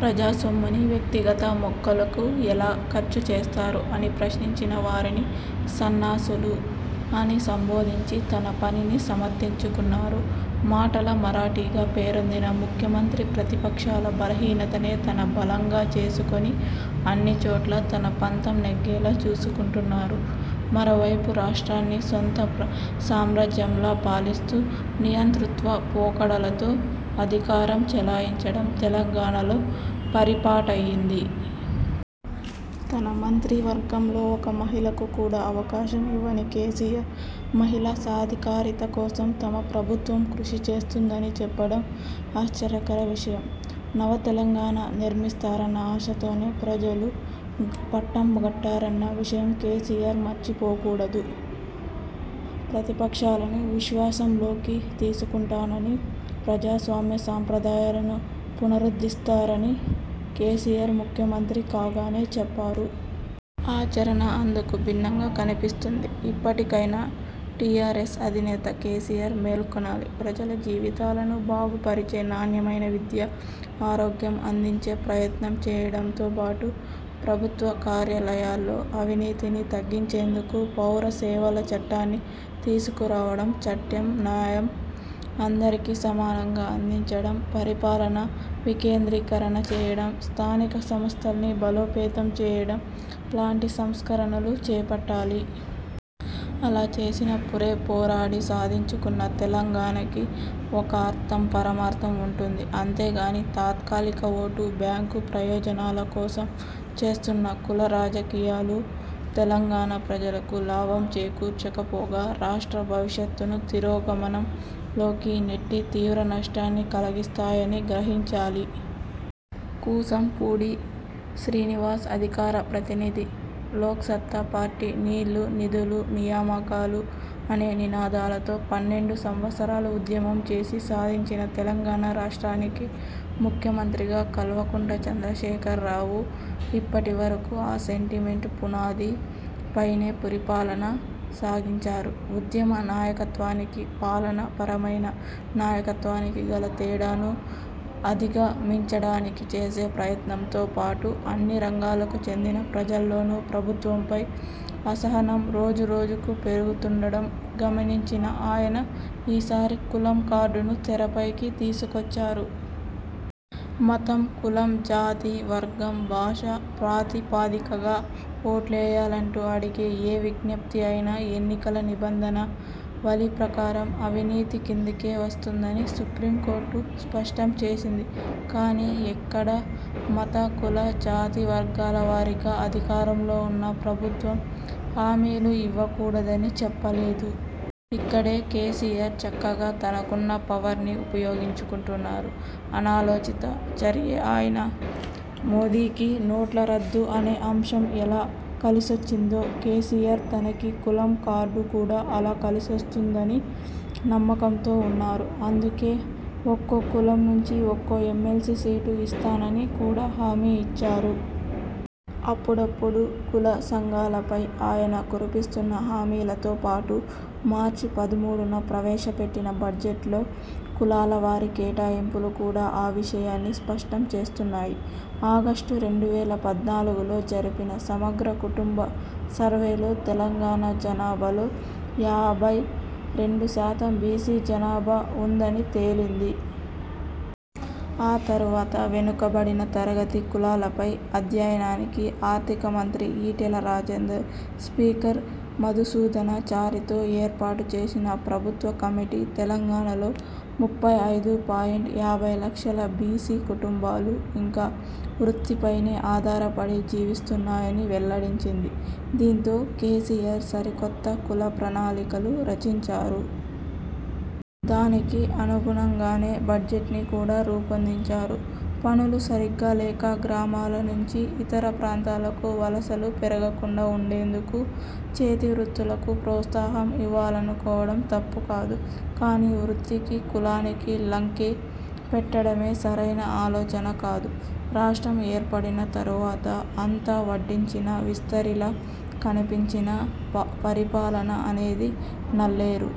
ప్రజా సొమ్ముని వ్యక్తిగత మొక్కులకు ఎలా ఖర్చుచేస్తారు అని ప్రశ్నించిన వారిని 'సన్నాసులు' అని సంబోధించి తన పనిని సమర్థించుకున్నారు. మాటల మరాఠీ గా పేరొందిన ముఖ్యమంత్రి ప్రతిపక్షాల బలహీనతనే తన బలంగా చేసుకుని అన్నిచోట్లా తన పంతం నెగ్గేలా చూసుకుంటున్నారు. మరో వైపు రాష్ట్రాన్ని సొంత సామ్రాజ్యంలా పాలిస్తూ నియంతృత్వ పోకడలతో అధికారం చెలాయించడం తెలంగాణ లో పరిపాటయ్యింది. తన మంత్రి వర్గంలో ఒక మహిళకు కూడా అవకాశం ఇవ్వని కేసీఆర్ మహిళా సాధికారత కోసం తమ ప్రభుత్వం కృషి చేస్తుందని చెప్పడం ఆశ్చర్యకర విషయం. నవ తెలంగాణ నిర్మిస్తారన్న ఆశతోనే ప్రజలు పట్టం గట్టారన్న విషయం కేసీఆర్ మర్చి పోకూడదు. ప్రతి పక్షాలను విశ్వాసంలోకి తీసుకుంటానని, ప్రజాస్వామ్య సాంప్రదాయాలను పునరుద్ధరిస్తానని కేసీఆర్ ముఖ్యమంత్రి కాగానే చెప్పారు. ఆచరణ అందుకు భిన్నంగా కనిపిస్తుంది. ఇప్పటి కైనా టీఆర్ఎస్ అధినేత కేసీఆర్ మేల్కొనాలి. ప్రజల జీవితాలను బాగు పరిచే నాణ్యమైన విద్య, ఆరోగ్యం అందించే ప్రయత్నం చేయడంతో బాటు ప్రభుత్వ కార్యాలయాల్లో అవినీతిని తగ్గించేందుకు పౌర సేవల చట్టాన్ని తీసుకు రావడం, చట్టం న్యాయం అందరికీ సమానంగా అందించడం, పరిపాలన వికేంద్రీకరణ చేయడం, స్థానిక సంస్థల్ని బలోపేతం చేయడం లాంటి సంస్కరణలు చేపట్టాలి. అలా చేసినప్పుడే పోరాడి సాధించుకున్న తెలంగాణ కి ఒక అర్థం, పరమార్థం ఉంటుంది. అంతే కానీ తాత్కాలిక ఓటు బ్యాంకు ప్రయోజనాల కోసం చేస్తున్న కుల రాజకీయాలు తెలంగాణ ప్రజలకు లాభం చేకూర్చక పోగా రాష్ట్ర భవిష్యత్తును తిరోగమనం లోకి నెట్టి తీవ్ర నష్టాన్ని కలిగిస్తాయని గ్రహించాలి. కూసం పూడి శ్రీనివాస్ అధికార ప్రతినిధి, లోక్సత్తా పార్టీ నీళ్లు, నిధులు, నియామకాలు అనే నినాదాలతో పన్నెండు సంవత్సరాలు ఉద్యమం చేసి సాధించిన తెలంగాణ రాష్ట్రానికి ముఖ్యమంత్రిగా కల్వకుంట చంద్రశేఖర్ రావు ఇప్పటి వరకూ ఆ సెంటిమెంట్ పునాది పైనే పరిపాలన సాగించారు. ఉద్యమ నాయకత్వానికీ పాలనా పరమైన నాయకత్వానికీ గల తేడాను అధిగమించడానికి చేసే ప్రయత్నంతో పాటు, అన్ని రంగాలకు చెందిన ప్రజల్లోనూ ప్రభుత్వంపై అసహనం రోజు రోజుకూ పెరుగుతుండడం గమనించిన ఆయన ఈసారి కులం కార్డును తెరపైకి తీసుకొచ్చారు. మతం, కులం, జాతి, వర్గం, భాష ప్రాతి పదికగా ఓట్లేయాలంటూ అడిగే ఏ విజ్ఞప్తి అయినా ఎన్నికల నిబంధనా వళి ప్రకారం అవినీతి కిందికే వస్తుందని సుప్రీంకోర్టు స్పష్టం చేసింది. కానీ ఎక్కడా మత, కుల, జాతి, వర్గాల వారీగా అధికారంలో ఉన్న ప్రభుత్వం హామీలు ఇవ్వకూడదని చెప్పలేదు. ఇక్కడే కేసీఆర్ చక్కగా తనకున్న పవర్ని ఉపయోగించుకుంటున్నారు. అనాలోచిత చర్యే అయినా మోదీకి నోట్ల రద్దు అనే అంశం ఎలా కలిసొచ్చిందో కేసీఆర్ తనకి కులం కార్డు కూడా అలా కలిసొస్తుందని నమ్మకంతో ఉన్నారు. అందుకే ఒక్కో కులం నుంచి ఒక్కో ఎమ్మెల్సీ సీటు ఇస్తానని కూడా హామీ ఇచ్చారు. అప్పుడప్పుడూ కుల సంఘాల పై ఆయన కురిపిస్తున్న హామీలతో పాటు మార్చి పదమూడున ప్రవేశపెట్టిన బడ్జెట్లో కులాల వారీ కేటాయింపులు కూడా ఆ విషయాన్ని స్పష్టం చేస్తున్నాయి. ఆగస్టు రెండు వేల పద్నాలుగులో జరిపిన సమగ్ర కుటుంబ సర్వేలో తెలంగాణ జనాభాలో యాభై రెండు శాతం బీసీ జనాభా ఉందని తేలింది. ఆ తరువాత వెనుకబడిన తరగతి కులాలపై అధ్యయనానికి ఆర్థిక మంత్రి ఈటెల రాజేందర్, స్పీకర్ మధుసూదనా చారితో ఏర్పాటు చేసిన ప్రభుత్వ కమిటీ తెలంగాణలో ముప్పై ఐదు పాయింట్ యాభై లక్షల బీసీ కుటుంబాలు ఇంకా వృత్తి పైనే ఆధారపడి జీవిస్తున్నాయని వెల్లడించింది. దీంతో కేసీఆర్ సరికొత్త కుల ప్రణాళికలు రచించారు. దానికి అనుగుణంగానే బడ్జెట్ని కూడా రూపొందించారు. పనులు సరిగ్గా లేక గ్రామాల నుంచి ఇతర ప్రాంతాలకు వలసలు పెరగ కుండా ఉండేందుకు చేతి వృత్తులకు ప్రోత్సాహం ఇవ్వాలనుకోవడం తప్పుకాదు. కానీ వృత్తికి, కులాన్ని లంకె పెట్టడమే సరైన ఆలోచన కాదు. రాష్ట్రం ఏర్పడిన తరువాత అంతా వడ్డించిన విస్తరిలా కనిపించినా పరిపాలన అనేది నల్లేరు